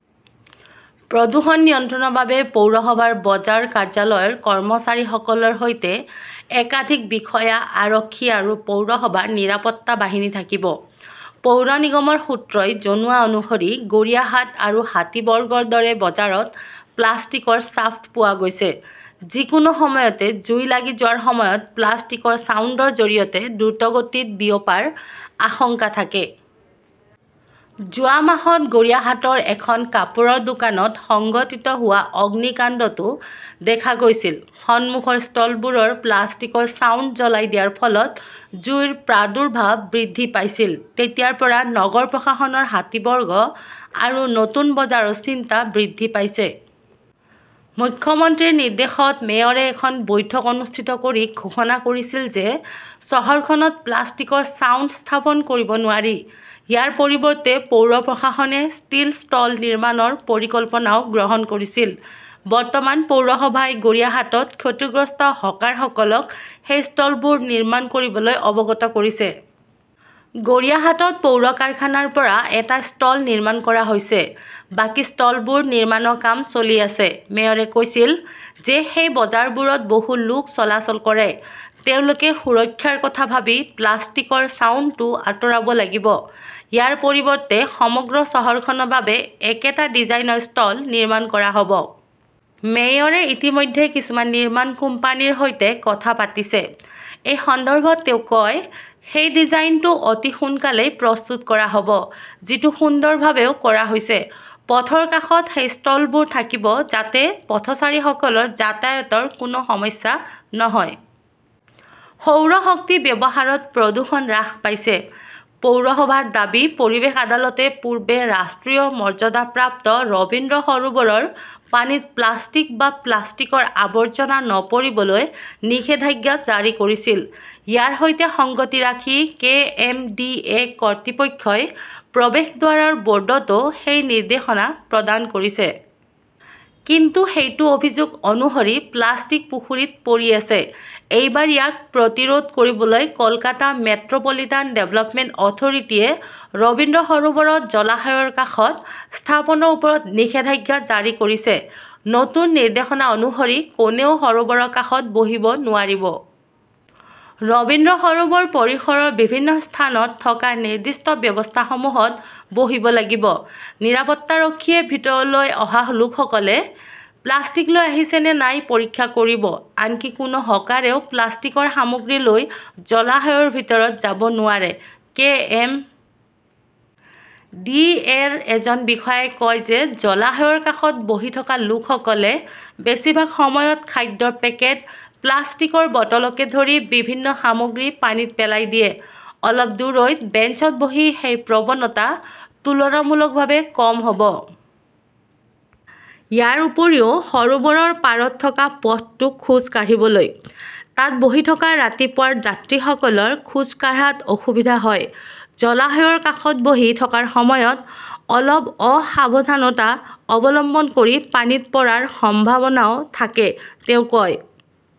প্ৰদুষন নিয়ন্ত্ৰণ ৰ বাবে পৌৰসভাৰ বজাৰ কাৰ্যালয়ৰ কৰ্মচাৰীসকলৰ সৈতে একাধিক বিষয়া, আৰক্ষী আৰু পৌৰসভাৰ নিৰাপত্তা বাহিনী থাকিব। পৌৰ নিগমৰ সূত্ৰই জনোৱা অনুসৰি গড়িয়াহাট আৰু হাতীবৰ্গৰ দৰে বজাৰত প্লাষ্টিকৰ ছাফ্ট পোৱা গৈছে। যিকোনো সময়তে জুই লাগি যোৱাৰ সময়ত প্লাষ্টিকৰ ছাউণ্ডৰ জৰিয়তে দ্ৰুতগতিত বিয়পি পৰাৰ আশংকা থাকে। যোৱা মাহত গড়িয়াহাটৰ এখন কাপোৰৰ দোকানত সংঘটিত হোৱা অগ্নিকাণ্ডতো দেখা গৈছিল, সন্মুখৰ ষ্টলবোৰৰ প্লাষ্টিকৰ ছাউণ্ড জ্বলাই দিয়াৰ ফলত জুইৰ প্ৰাদুৰ্ভাৱ বৃদ্ধি পাইছিল। তেতিয়াৰ পৰা নগৰ প্ৰশাসনৰ হাতীবৰ্গ আৰু নতুন বজাৰৰ চিন্তা বৃদ্ধি পাইছে। মুখ্যমন্ত্ৰীৰ নিৰ্দেশত মেয়ৰে এখন বৈঠক অনুষ্ঠিত কৰি ঘোষণা কৰিছিল যে চহৰখনত প্লাষ্টিকৰ ছাউণ্ড স্থাপন কৰিব নোৱাৰি। ইয়াৰ পৰিৱৰ্তে পৌৰ প্ৰশাসনে ষ্টীল ষ্টল নিৰ্মাণৰ পৰিকল্পনাও গ্ৰহণ কৰিছিল। বৰ্তমান, পৌৰসভাই গৰিয়াহাটত ক্ষতিগ্ৰস্ত হকাৰসকলক সেই ষ্টলবোৰ নিৰ্মাণ কৰিবলৈ অৱগত কৰিছে। গড়িয়াহাটত পৌৰ কাৰখানাৰ পৰা এটা ষ্টল নিৰ্মাণ কৰা হৈছে। বাকী ষ্টলবোৰ নিৰ্মাণৰ কাম চলি আছে। মেয়ৰে কৈছিল যে সেই বজাৰবোৰত বহু লোক চলাচল কৰে। তেওঁলোকে সুৰক্ষাৰ কথা ভাবি প্লাষ্টিকৰ ছাউণ্ডটো আঁতৰাব লাগিব। ইয়াৰ পৰিৱৰ্তে সমগ্ৰ চহৰখনৰ বাবে একেটা ডিজাইনৰ ষ্টল নিৰ্মাণ কৰা হ'ব। মেয়ৰে ইতিমধ্যে কিছুমান নিৰ্মাণ কোম্পানীৰ সৈতে কথা পাতিছে। এই সন্দৰ্ভত তেওঁ কয়, "সেই ডিজাইনটো অতি সোনকালেই প্ৰস্তুত কৰা হ'ব। যিটো সুন্দৰভাৱেও কৰা হৈছে। পথৰ কাষত সেই ষ্টলবোৰ থাকিব যাতে পথচাৰীসকলৰ যাতায়াতৰ কোনো সমস্যা নহয়। সৌৰ শক্তি ব্যৱহাৰত প্ৰদূষণ হ্ৰাস পাইছে, পৌৰসভাৰ দাবী পৰিৱেশ আদালতে পূৰ্বে ৰাষ্ট্ৰীয় মৰ্যাদাপ্ৰাপ্ত ৰবীন্দ্ৰ সৰোবৰৰ পানীত প্লাষ্টিক বা প্লাষ্টিকৰ আৱৰ্জনা নপৰিবলৈ নিষেধাজ্ঞা জাৰি কৰিছিল। ইয়াৰ সৈতে সংগতি ৰাখি, কে. এম. ডি. এ. কৰ্তৃপক্ষই প্ৰৱেশদ্বাৰৰ বোৰ্ডতো সেই নিৰ্দেশনা প্ৰদান কৰিছে। কিন্তু সেইটো অভিযোগ অনুসৰি প্লাষ্টিক পুখুৰীত পৰি আছে। এইবাৰ ইয়াক প্ৰতিৰোধ কৰিবলৈ কলকাতা মেট্ৰ 'পলিটান ডেভেলপমেণ্ট অথৰিটিয়ে ৰবীন্দ্ৰ সৰোবৰত জলাশয়ৰ কাষত স্থাপনৰ ওপৰত নিষেধাজ্ঞা জাৰি কৰিছে। নতুন নিৰ্দেশনা অনুসৰি, কোনেও সৰোবৰৰ কাষত বহিব নোৱাৰিব। ৰবীন্দ্ৰ সৰোবৰ পৰিসৰৰ বিভিন্ন স্থানত থকা নিৰ্দিষ্ট ব্যৱস্থাসমূহত বহিব লাগিব। নিৰাপত্তাৰক্ষীয়ে ভিতৰলৈ অহা লোকসকলে প্লাষ্টিক লৈ আহিছে নে নাই পৰীক্ষা কৰিব। আনকি কোনো হকাৰেও প্লাষ্টিকৰ সামগ্ৰী লৈ জলাশয়ৰ ভিতৰলৈ যাব নোৱাৰে। কে. এম. ডি. এ. -ৰ এজন বিষয়াই কয় যে, জলাশয়ৰ কাষত বহি থকা লোকসকলে বেছিভাগ সময়ত খাদ্যৰ পেকেট, প্লাষ্টিকৰ বটলকে ধৰি বিভিন্ন সামগ্ৰী পানীত পেলাই দিয়ে। অলপ দূৰৈত বেঞ্চত বহি সেই প্ৰৱণতা তুলনামূলকভাৱে কম হ 'ব। ইয়াৰ উপৰিও, সৰোবৰৰ পাৰত থকা পথটো খোজ কাঢ়িবলৈ। তাত বহি থকা ৰাতিপুৱাৰ যাত্ৰীসকলৰ খোজ কাঢ়াত অসুবিধা হয়। জলাশয়ৰ কাষত বহি থকাৰ সময়ত অলপ অসাৱধানতা অৱলম্বন কৰি পানীত পৰাৰ সম্ভাৱনাও থাকে, তেওঁ কয়।